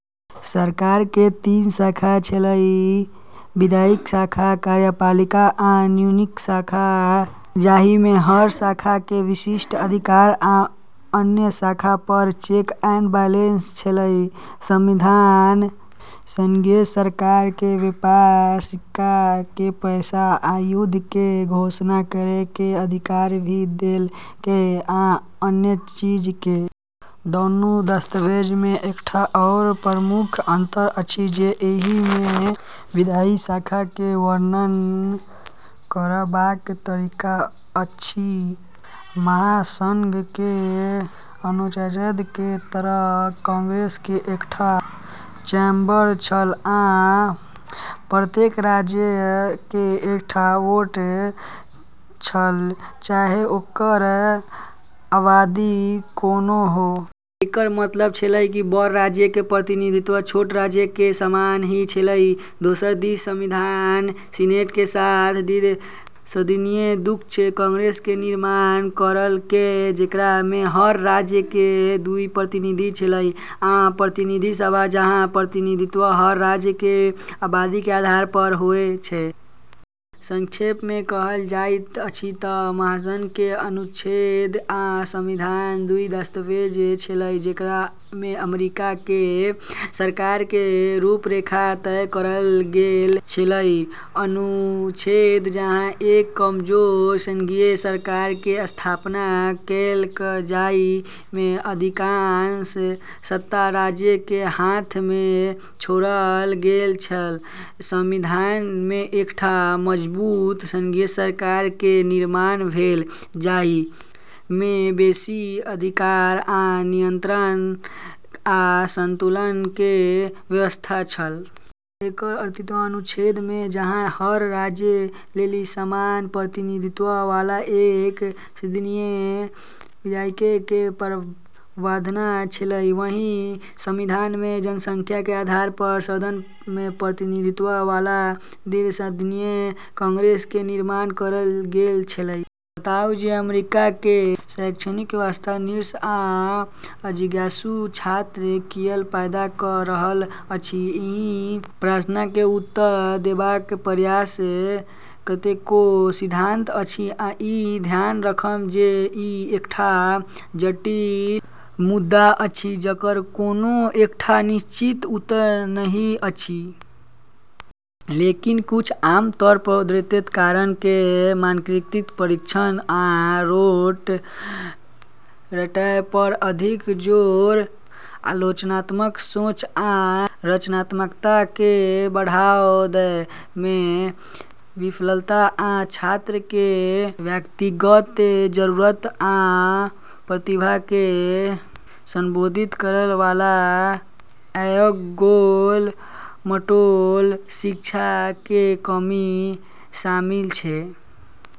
सरकार के तीन शाखा छेलै- विधायी शाखा, कार्यपालिका, आ न्यायिक शाखा- जाहिमे हर शाखा के विशिष्ट अधिकार आ अन्य शाखा पर चेक एंड बैलेंस छेलै। संविधान संघीय सरकार के व्यापार, सिक्का के पैसा, आ युद्ध के घोषणा करै के अधिकार भी देलकै, आ अन्य चीज के। दुनू दस्तावेज मे एकटा आओर प्रमुख अंतर अछि जे एहि मे विधायी शाखा के वर्णन करबाक तरीका अछि। महासंघ के अनुच्छेद के तहत कांग्रेस के एकटा चैम्बर छल आ प्रत्येक राज्य के एकटा वोट छल चाहे ओकर आबादी कोनो हो। एकर मतलब छेलै कि बड़ राज्य के प्रतिनिधित्व छोट राज्य के समान ही छेलै। दोसर दिस संविधान सीनेट के साथ द्वि सदनीय (दू कक्ष) कांग्रेस के निर्माण करलकै, जेकरा मे हर राज्य के दू प्रतिनिधि छेलै, आ प्रतिनिधि सभा, जहाँ प्रतिनिधित्व हर राज्य के आबादी के आधार पर होय छै। संक्षेप मे कहल जाइत अछि तऽ महासंघ के अनुच्छेद आ संविधान दू दस्तावेज छेलै जेकरा मे अमेरिका के सरकार के रूपरेखा तय करल गेल छेलै। अनुच्छेद जहाँ एक कमजोर संघीय सरकार के स्थापना केलक जाहि मे अधिकांश सत्ता राज्य के हाथ मे छोड़ल गेल छल, संविधान मे एकटा मजबूत संघीय सरकार के निर्माण भेल जाहि मे बेसी अधिकार आ नियंत्रण आ संतुलन के व्यवस्था छल। एकर अतिरिक्त, अनुच्छेद मे जहाँ हर राज्य लेली समान प्रतिनिधित्व वाला एक सदनीय विधायिका के प्रावधान छेलै, वहीं संविधान मे जनसंख्या के आधार पर सदन मे प्रतिनिधित्व वाला द्वि सदनीय कांग्रेस के निर्माण करल गेल छेलै। बताउ जे अमेरिकी शैक्षणिक व्यवस्था "नीरस आ अजिज्ञासु" छात्र किएक पैदा क' रहल अछि। एहि प्रश्न के उत्तर देबाक प्रयास कतेको सिद्धांत अछि, आ ई ध्यान राखब जे ई एकटा जटिल मुद्दा अछि जकर कोनो एकटा निश्चित उत्तर नहि अछि। लेकिन, कुछ आमतौर पर उद्धृत कारण मे मानकीकृत परीक्षण आ रोट रटै पर अधिक जोर, आलोचनात्मक सोच आ रचनात्मकता के बढ़ावा दै मे विफलता, आ छात्र के व्यक्तिगत जरूरत आ प्रतिभा के संबोधित करय वाला एगो गोल-मटोल शिक्षा के कमी शामिल छै।